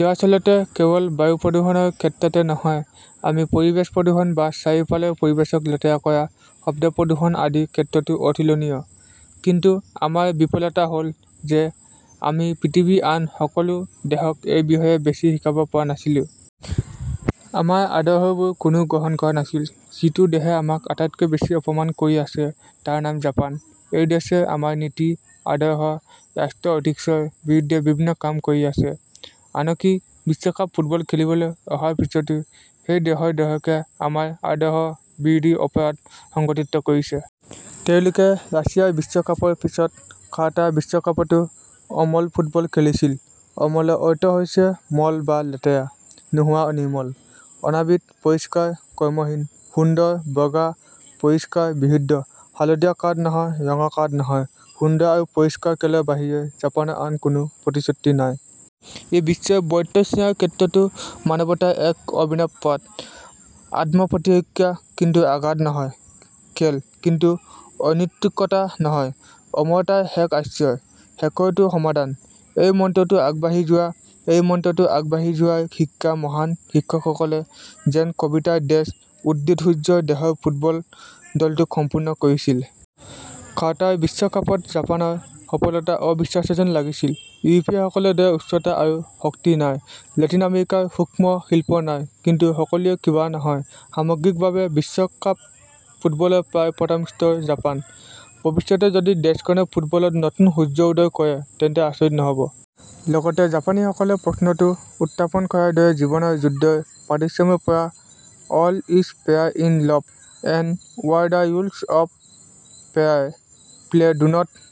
দৰাচলতে কেৱল বায়ু প্ৰদূষণৰ ক্ষেত্ৰতহে নহয়, আমি পৰিৱেশ প্ৰদূষণ বা চাৰিওফালৰ পৰিৱেশক লেতেৰা কৰা, শব্দ প্ৰদূষণ আদিৰ ক্ষেত্ৰতো অতুলনীয়। কিন্তু আমাৰ বিফলতা হ'ল যে, আমি পৃথিৱীৰ আন সকলো দেশক এই বিষয়ে বেছি শিকাব পৰা নাছিলো। আমাৰ আদৰ্শবোৰ কোনেও গ্ৰহণ কৰা নাছিল। যিটো দেশে আমাক আটাইতকৈ বেছি অপমান কৰি আছে, তাৰ নাম জাপান। এই দেশে আমাৰ নীতি, আদৰ্শ, ৰাষ্ট্ৰীয় ঐতিহ্যৰ বিৰুদ্ধে বিভিন্ন কাম কৰি আছে। আনকি বিশ্বকাপ ফুটবল খেলিবলৈ অহাৰ পিছতো সেই দেশৰ দৰ্শকে আমাৰ আদৰ্শ বিৰোধী অপৰাধ সংঘটিত কৰিছে। তেওঁলোকে ৰাছিয়া বিশ্বকাপৰ পিছত কাটাৰ বিশ্বকাপতো অমল ফুটবল খেলিছিল। অমলৰ অৰ্থ হৈছে মল বা লেতেৰা নোহোৱা নিৰ্মল, অনাবৃত, পৰিষ্কাৰ, কৰ্মহীন। সুন্দৰ, বগা, পৰিষ্কাৰ, বিশুদ্ধ। হালধীয়া কাৰ্ড নহয়, ৰঙা কাৰ্ড নহয়। সুন্দৰ আৰু পৰিষ্কাৰ খেলৰ বাহিৰে জাপানৰ আন কোনো প্ৰতিশ্ৰুতি নাই। ই বিশ্বৰ বৈত চীয়াৰ ক্ষেত্ৰতো মানৱতাৰ এক অভিনব পাঠ। আত্ম-প্ৰতিৰক্ষা কিন্তু আঘাত নহয়। খেল কিন্তু অনৈতিকতা নহয়। অমৰতাই শেষ আশ্ৰয়। শেষৰটো সমাধান। এই মন্ত্ৰতো আগবাঢ়ি যোৱা, এই মন্ত্ৰতো আগবাঢ়ি যোৱাৰ শিক্ষা, মহান শিক্ষকসকলে জেন কবিতাৰ দেশ, উদিদ সূৰ্যৰ দেশৰ ফুটবল দলটোক সম্পূৰ্ণ কৰিছিল। কাটাৰ বিশ্বকাপত জাপানৰ সফলতা অবিশ্বাস্য যেন লাগিছিল। ইউৰোপীয়সকলৰ দৰে উচ্চতা আৰু শক্তি নাই, লেটিন আমেৰিকাৰ সূক্ষ্ম শিল্প নাই কিন্তু সকলোবোৰ কিবা নহয়। সামগ্ৰিকভাৱে বিশ্বকাপ ফুটবলৰ প্ৰায় প্ৰথম স্তৰত জাপান। ভৱিষ্যতে যদি দেশখনে ফুটবলত নতুন সূৰ্য উদয় কৰে তেন্তে আচৰিত নহ'ব। লগতে জাপানীসকলে প্ৰশ্নটো উত্থাপন কৰাৰ দৰে জীৱনৰ যুদ্ধৰ পাদশ্ৰমৰ পৰা all is fair in love and war বা the rules of fair play do not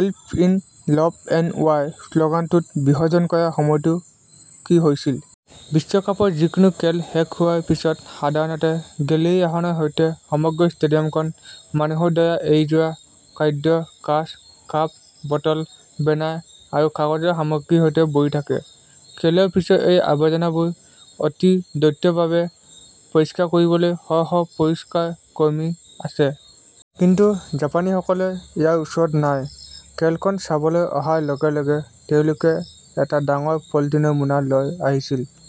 apply in love and war শ্লোগানটো বিসৰ্জন কৰাৰ সময়ত কি হৈছিল? বিশ্বকাপৰ যিকোনো খেল শেষ হোৱাৰ পিছত সাধাৰণতে গেলেৰীৰ আসনৰ সৈতে সমগ্ৰ ষ্টেডিয়ামখন মানুহৰ দ্বাৰা এৰি যোৱা খাদ্য, কাঁচ, কাপ, বটল, বেনাৰ আৰু কাগজৰ সামগ্ৰীৰ সৈতে ভৰি থাকে। খেলৰ পিছৰ এই আৱৰ্জনাবোৰ অতি দ্ৰুতভাৱে পৰিষ্কাৰ কৰিবলৈ শ শ পৰিষ্কাৰ কৰ্মী আছে। কিন্তু জাপানীসকলে ইয়াৰ ওচৰত নাই। খেলখন চাবলৈ অহাৰ লগে লগে তেওঁলোকে এটা ডাঙৰ পলিথিনৰ মোনা লৈ আহিছিল।